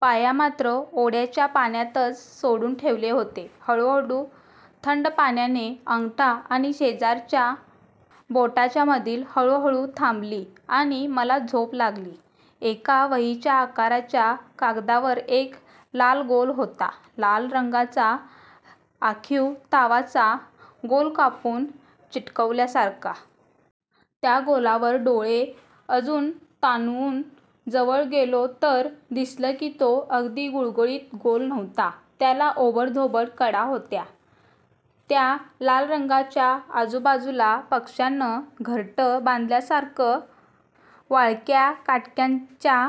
पाय मात्र ओढ्याच्या पाण्यातच सोडून ठेवले होते. हळुहळु थंड पाण्याने अंगठा आणि शेजारच्या बोटाच्यामधली हुळहुळ थांबली आणि मला झोप लागली. एका वहीच्या आकाराच्या कागदावर एक लाल गोल होता. लाल रंगाचा आखीव तावाचा गोल कापून चिकटवल्यासारखा. त्या गोलावर डोळे अजून ताणून जवळ गेलो तर दिसलं की तो अगदी गुळगुळीत गोल नव्हता. त्याला ओबडधोबड कडा होत्या. त्या लाल रंगाच्या आजूबाजूला पक्ष्यानं घरटं बांधल्यासारखं वाळक्या काटक्यांचा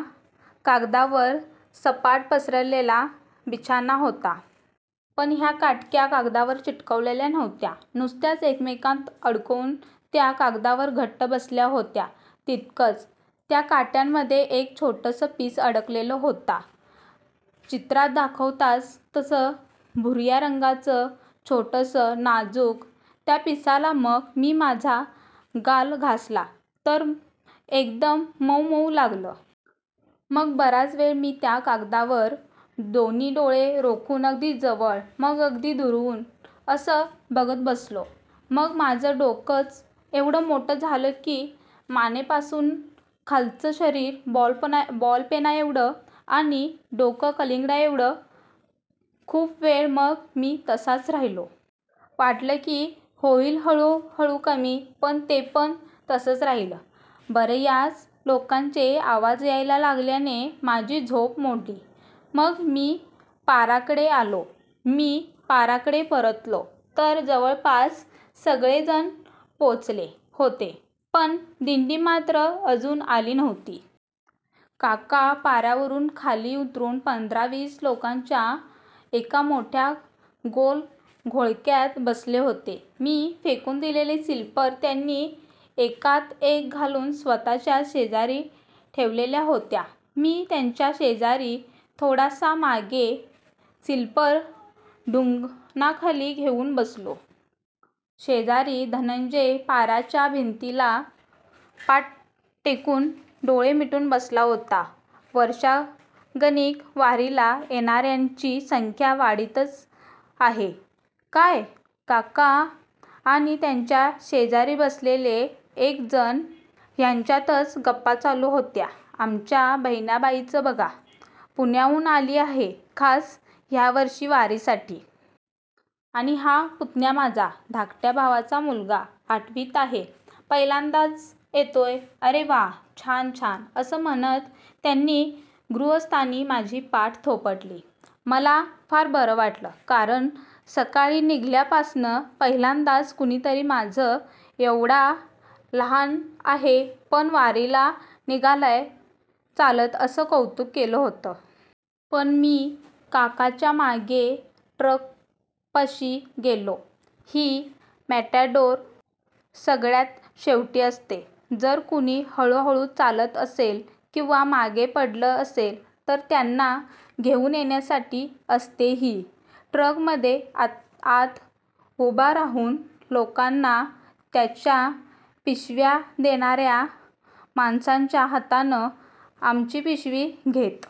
कागदावर सपाट पसरलेला बिछाना होता. पण ह्या काटक्या कागदावर चिकटवल्या नव्हत्या. नुसत्याच एकमेकात अडकून त्या कागदावर घट्ट बसल्या होत्या इतकंच. त्या काटक्यांमध्ये एक छोटसं पीस अडकलेलं होता. चित्रात दाखवतात तसं भुर्या रंगाचं, छोटसं, नाजूक. त्या पिसाला मग मी माझा गाल घासला तर एकदम मउ मउ लागलं. मग बराच वेळ मी त्या कागदावर दोन्ही डोळे रोखून अगदी जवळ, मग अगदी दूरवरुन असं बघत बसलो. मग माझं डोकंच एव्हडं मोठं झालं की मानेपासून खालचं शरीर बॉलपेनाएव्हडं आणि डोकं कलिंगडाएव्हडं. खूप वेळ मग मी तसाच राहिलो. वाटलं की होइल हळुहळु कमी. पण ते पण तसच राहिलं. बर्याच लोकांचे आवाज यायला लागल्याने माझी झोप मोडली. मग मी पाराकडे आलो. मी पाराकडे परतलो तर जवळपास सगळेजण पोचले होते. पण दिंडी मात्र अजून आली नव्हती. काका पारावरुन खाली उतरुन पंधरा-वीस लोकांच्या एका मोठ्या गोल घोळक्यात बसले होते. मी फेकून दिलेल्या सीलपर त्यांनी एकात एक घालून स्वतःच्या शेजारी ठेवलेल्या होत्या. मी त्यांच्या शेजारी, थोडासा मागे, सीलपर ढुंगणाखाली घेउन बसलो. शेजारी धनंजय पाराच्या भिंतीला पाठ टेकवून, डोळे मिटून बसला होता. वर्षागणिक वारीला येणार्यांची संख्या वाढतीच आहे, काय! काका आणि त्यांच्या शेजारी बसलेले एक जण ह्यांच्यात गप्पा चालू होत्या. आमच्या बहिणाबाईच बघा. पुण्याहून आली आहे खास ह्यावर्षी वारीसाठी. आणि हा पुतण्या माझा, धाकट्या भावाचा मुलगा. आठवीत आहे. पहिल्यांदाच येतोय. अरे वा. छान छान. असं म्हणत त्यां गृहस्थांनी माझी पाठ थोपटली. मला फार बरं वाटलं. कारण सकाळी निघाल्यापासनं पहिल्यांदाच कुणीतरी माझं एव्हडा लहान आहे, पण वारीला निघालाय चालत असं कौतुक केलं होतं. मी पण काकांच्या मागेमागे ट्रकपाशी गेलो. ही मेटॅडोर सगळ्यात शेवटी असते. जर कुणी हळुहळु चालत असेल किंवा मागे पडलं असेल, तर त्यांना घेउन येण्यासाठी असते ही, ट्रकमध्ये आत उभा राहून लोकांना त्यांच्या पिशव्या देणार्या माणसाच्या हातनं आमची पिशवी घेत